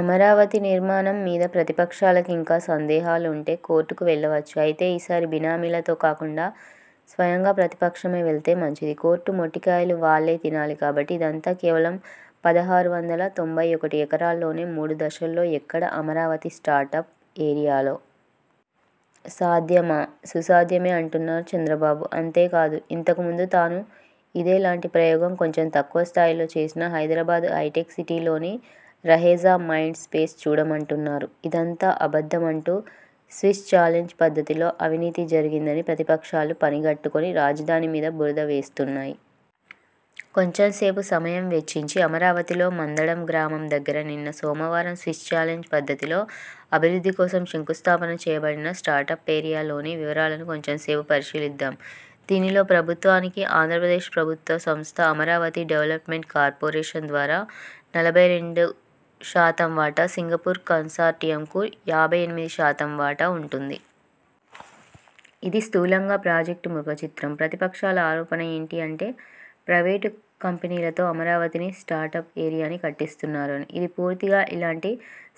అమరావతి నిర్మాణం మీద ప్రతిపక్షాలకు ఇంకా సందేహాలు వుంటే, కోర్టుకు వెళ్ళవచ్చు. అయితే ఈసారి బినామీలతో కాకుండా, స్వయంగా ప్రతిపక్షమే వెళ్తే మంచిది. కోర్టు మొట్టి కాయలు వాళ్ళే తినాలి కాబట్టి..! ఇదంతా కేవలం పదహారు వందల తొంభై ఒకటిఎకరాల్లోనే! మూడు దశల్లో! ఎక్కడ? అమరావతి స్టార్ట్ అప్ ఏరియాలో! సాధ్యమా? సుసాధ్యమే అంటున్నారు చంద్రబాబు..! అంతే కాదు, ఇంతకు ముందు తాను ఇదే లాంటి ప్రయోగం, కొంచం తక్కువ స్థాయిలో చేసిన, హైదరాబాదు హైటెక్ సిటీలోని, రహేజా మైండ్ స్పేస్ చూడమంటున్నారు! ఇదంతా అబద్ధం అంటూ స్విస్స్ చాలెంజ్ పద్ధతిలో అవినీతి జరిగిందని ప్రతిపక్షాలు పనిగట్టుకొని రాజధాని మీద బురద వేస్తున్నాయి. కొంచంసేపు సమయం వెచ్చించి, అమరావతిలో మందడం గ్రామం దగ్గర నిన్న, సోమవారం స్విస్స్ చాలెంజ్ పద్ధతిలో అభివృద్ధి కోసం శంఖు స్థాపన చేయబడిన 'స్టార్ట్ అప్ ఏరియా' లోని వివరాలను కొంచంసేపు పరిశీలిద్దాం. దీనిలో ప్రభుత్వానికి, ఆంధ్రప్రదేశ్ ప్రభుత్వ సంస్థ అమరావతి డెవలప్మెంట్ కార్పరేషన్ ద్వారా నలభై రెండు శాతం వాటా, సింగపూర్ కన్సార్టియంకు యాభై ఎనిమిది శాతం వాటా వుంటుంది. ఇదీ స్థూలంగా ప్రాజెక్టు ముఖ చిత్రం. ప్రతిపక్షాల ఆరోపణ ఏంటి అంటే, ప్రైవేటు కంపెనీలతో అమరావతిని స్టార్ట్ అప్ ఏరియాని కట్టిస్తున్నారు అని. ఇది పూర్తిగా ఇలాంటి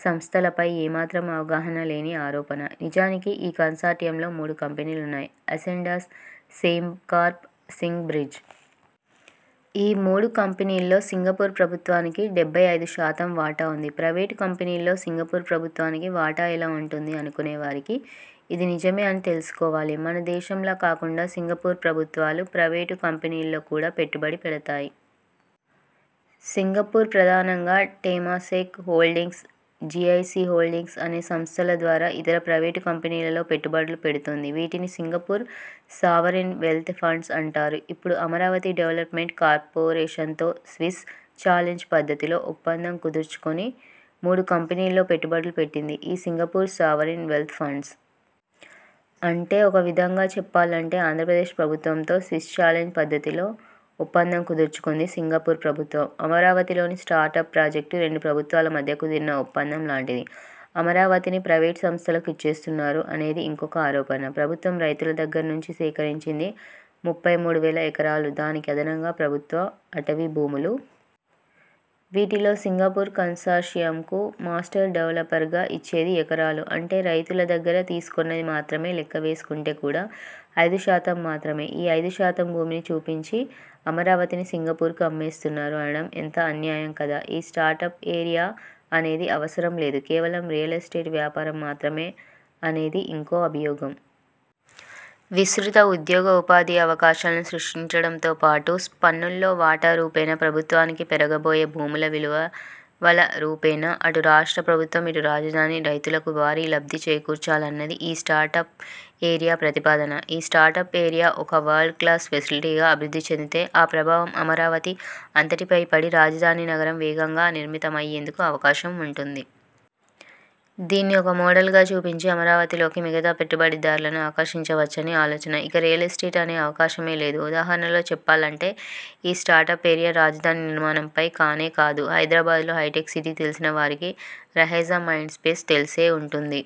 సంస్థలపై ఏ మాత్రం అవగాహన లేని ఆరోపణ. నిజానికి ఈ కన్సార్టియంలో మూడు కంపెనీలు వున్నాయి. Ascendas, Sembcorp, Singbridge. ఈ మూడు కంపెనీల్లో సింగపూర్ ప్రభుత్వానికి డెబ్బై ఐదు శాతం వాటా వుంది. ప్రైవేటు కంపెనీల్లో సింగపూర్ ప్రభుత్వానికి వాటా ఎలా వుంటుంది అనుకొనే వారికి, ఇది నిజమే అని తెలుసుకోవాలి. మన దేశంలా కాకుండా సింగపూర్ ప్రభుత్వాలు, ప్రైవేటు కంపెనీల్లో కూడా పెట్టుబడి పెడుతాయి. సింగపూర్ ప్రధానంగా, 'టేమాసేక్ హోల్డింగ్స్', 'జీఐసి హోల్డింగ్స్' అనే సంస్థల ద్వారా ఇతర ప్రైవేటు కంపనీలలో పెట్టుబడులు పెడుతుంది. వీటిని సింగపూర్ సావరిన్ వెల్త్ ఫండ్స్ అంటారు. ఇప్పుడు అమరావతి డెవలప్మెంట్ కార్పరేషన్తో స్విస్ చాలెంజ్ పద్ధతిలో ఒప్పదం కుదుర్చుకొన్న మూడు కంపెనీల్లో పెట్టుబడులు పెట్టింది ఈ సింగపూర్ సావరిన్ వెల్త్ ఫండ్స్. అంటే, ఒక విధంగా చెప్పాలంటే, ఆంద్రప్రదేశ్ ప్రభుత్వంతో స్విస్ చాలెంజ్ పద్ధతిలో ఒప్పందం కుదుర్చుకొంది సింగపూర్ ప్రభుత్వం. అమరావతిలోని స్టార్టప్ ప్రాజెక్టు రెండు ప్రభుత్వాల మధ్య కుదిరిన ఒప్పందం లాంటిది. అమరావతిని ప్రైవేటు సంస్థలకు ఇచ్చేస్తున్నారు అనేది ఇంకొక ఆరోపణ. ప్రభుత్వం రైతుల దగ్గర నుంచి సేకరించింది ముప్పై మూడు వేల ఎకరాలు, దానికి అదనంగా ప్రభుత్వ అటవీ భూములు. వీటిలో సింగపూర్ కన్సార్షియంకు మాస్టర్ డెవలపర్ గా ఇచ్చేది ఎకరాలు. అంటే, రైతుల దగ్గర తీసుకొన్నది మాత్రమే లెక్క వేసుకొంటే కూడా, ఐదు శాతం మాత్రమే. ఈ అయిదు శాతం భూమిని చూపించి అమరావతిని సింగపూర్ కి అమ్మేస్తున్నారు అనడం ఎంత అన్యాయం కదా. ఈ స్టార్ట్ అప్ ఏరియా అనేది అవసరం లేదు, కేవలం రియల్ ఎస్టేట్ వ్యాపారం మాత్రమే అనేది ఇంకో అభియోగం. విస్తృత ఉద్యోగ, ఉపాధి అవకాశాలను సృష్టించడంతో పాటు పన్నుల్లో వాటా రూపేణా ప్రభుత్వానికి, పెరగబోయే భూముల విలువల రూపేణా అటు రాష్ట్ర ప్రభుత్వం, ఇటు రాజధాని రైతులకు భారీ లబ్ధి చేకూర్చాలన్నది ఈ స్టార్టప్ ఏరియా ప్రతిపాదన. ఈ స్టార్ట్ అప్ ఏరియా ఒక వరల్డ్ క్లాస్ ఫెసిలిటీగా అభివృద్ధి చెందితే, ఆ ప్రభావం అమరావతి అంతటిపై పడి, రాజధాని నగరం వేగంగా నిర్మితమయ్యేందుకు అవకాశం వుంటుంది. దీన్ని ఒక మాడల్ గా చూపించి అమరావతిలోకి మిగతా పెట్టుబడిదారులను ఆకర్షించవచ్చని ఆలోచన. ఇక రియల్ ఎస్టేట్ అనే అవకాశమే లేదు. ఉదాహరణలో చెప్పాలంటే, ఈ స్టార్ట్ అప్ ఏరియా రాజధాని నిర్మాణం కానే కాదు. హైదరాబాదులో హైటెక్ సిటీ తెలిసిన వారికి రహేజా మైండ్ స్పేస్ తెలిసే వుంటుంది.